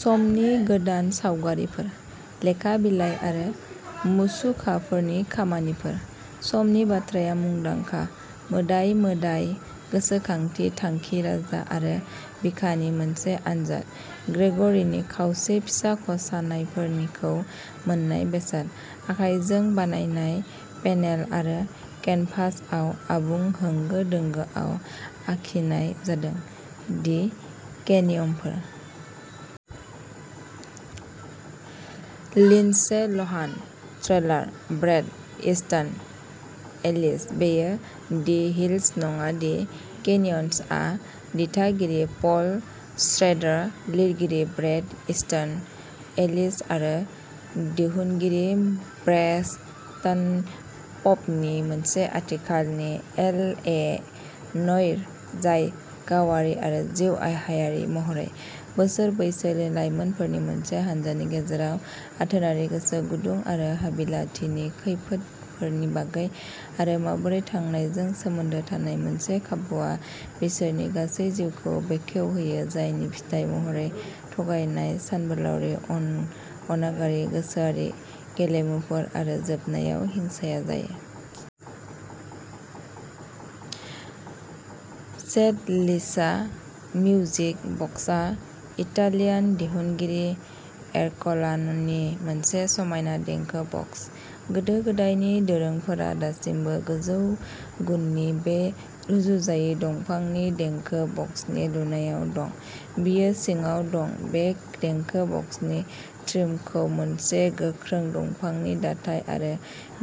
समनि-गोदान सावगारिफोर, लेखा बिलाइ आरो मुसुखाफोरनि खामानिफोर। समनि बाथ्राया मुंदांखा, मोदाय-मोदाय, गोसोखांथि, थांखि, राजा आरो बिखानि मोनसे आनजाद। ग्रेग'रीनि खावसे-फिसाख'साननायफोरखौ मोन्नाय बेसाद, आखाइजों बानायनाय पेनेल आरो केनभासआव आबुं होंगो-दोंगोआव आखिनाय जादों। दि केनियनफोर। लिन्डसे लहान। ट्रेलार। Brett Easton Ellis. बेयो दि हिल्स नङादि केनियन्सआ दिथागिरि पल श्रेडार, लिरगिरि ब्रेट इस्टन एलिस आरो दिहुनगिरि ब्रेक्सटन प'पनि मोनसे आथिखालनि एल. ए. न'इर, जाय गावारि आरो जिउराहायारि महरै, बोसोर बैसोनि लायमोनफोरनि मोनसे हान्जानि गेजेराव आथोनारि गोसो गुदुं आरो हाबिलाथिनि खैफोदफोरनि बागै आरो माबोरै थांनायजों सोमोन्दो थानाय मोनसे खाबुआ बिसोरनि गासै जिउखौ बेखेवहोयो, जायनि फिथाय महरै थगायनाय, सानबोलावरि, अनागारि गोसोआरि गेलेमुफोर आरो जोबनायाव हिंसाया जायो। सेड लिसा मिउजिक बक्सआ इटालियान दिहुनगिरि एरकलान'नि मोनसे समायना देंखो बक्स। गोदो गोदायनि दोरोंफोरा दासिमबो गोजौ गुननि बे रुजुजायै दंफांनि देंखो बक्सनि लुनायाव दं। बियो सिङाव दं। बे देंखो बक्सनि ट्रिमखौ मोनसे गोख्रों दंफांनि दाथाय आरो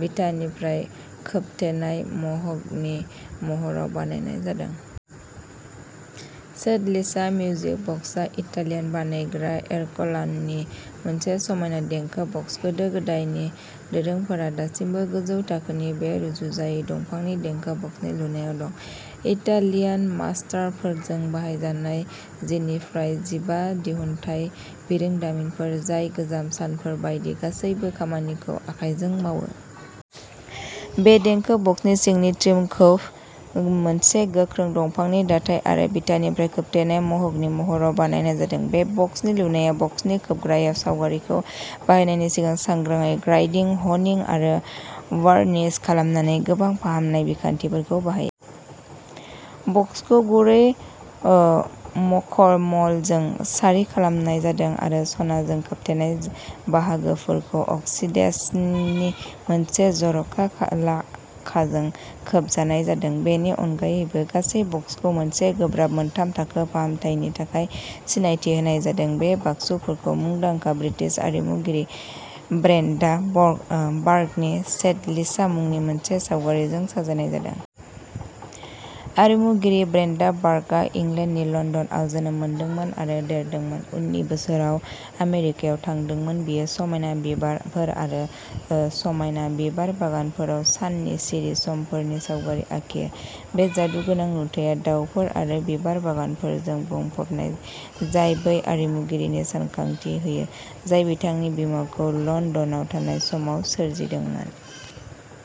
बिथानिफ्राय खोबथेनाय मह'गनि महराव बानायनाय जादों। सेड लिसा मिउजिक बक्सआ इटालियान बानायग्रा एरकलान'नि मोनसे समायना देंखो बक्स। गोदो-गोदायनि दोरोंफोरा दासिमबो गोजौ थाखोनि बे रुजुजायै दंफांनि देंखो बक्सनि लुनायाव दं। इटालियान मास्टारफोरजों बाहायजानाय जिनिफ्राय जिबा दिहुनथाय बिरोंदामिनफोर जाय गोजाम सानफोर बायदि गासैबो खामानिखौ आखाइजों मावो। बे देंखो बक्सनि सिंनि ट्रिमखौ मोनसे गोख्रों दंफांनि दाथाय आरो बिथानिफ्राय खोबथेनाय मह'गनि महराव बानायनाय जादों। बे बक्सनि लुनाया बक्सनि खोबग्रायाव सावगारिखौ बाहायनायनि सिगां सांग्राङै ग्राइन्डिं, ह'निं आरो वार्निश खालामनानै गोबां फाहामनाय बिखान्थिफोरखौ बाहायो। बक्सखौ गुरै मखमलजों सारि खालामनाय जादों आरो सनाजों खोबथेनाय बाहागोफोरखौ अक्सिडेशननिफ्राय मोनसे जर'खा लाखाजों खोबनाय जादों। बेनि अनगायैबो, गासै बक्सखौ मोनसे गोब्राब मोनथाम-थाखो फाहामथायनि थाखाय सिनायथि होनाय जादों। बे बाक्सुफोरखौ मुंदांखा ब्रिटिश आरिमुगिरि ब्रेन्डा बार्कनि "सेड लिसा" मुंनि मोनसे सावगारिजों साजायनाय जादों। आरिमुगिरि ब्रेन्डा बार्कआ इंलेन्डनि लन्दनआव जोनोम मोन्दोंमोन आरो देरदोंमोन, उननि बोसोरफोराव आमेरिकायाव थांदोंमोन। बियो समायना बिबारफोर आरो ओ समायना बिबार बागानफोराव साननि सिरि समफोरनि सावगारि आखियो। बे जादुगोनां नुथाया दाउफोर आरो बिबार बागानफोरजों बुंफबनाय, जाय बै आरिमुगिरिनि गोसोखांथि होयो, जाय बिथांनि बिमाखौ लन्दनाव थानाय समाव सोरजिदोंमोन।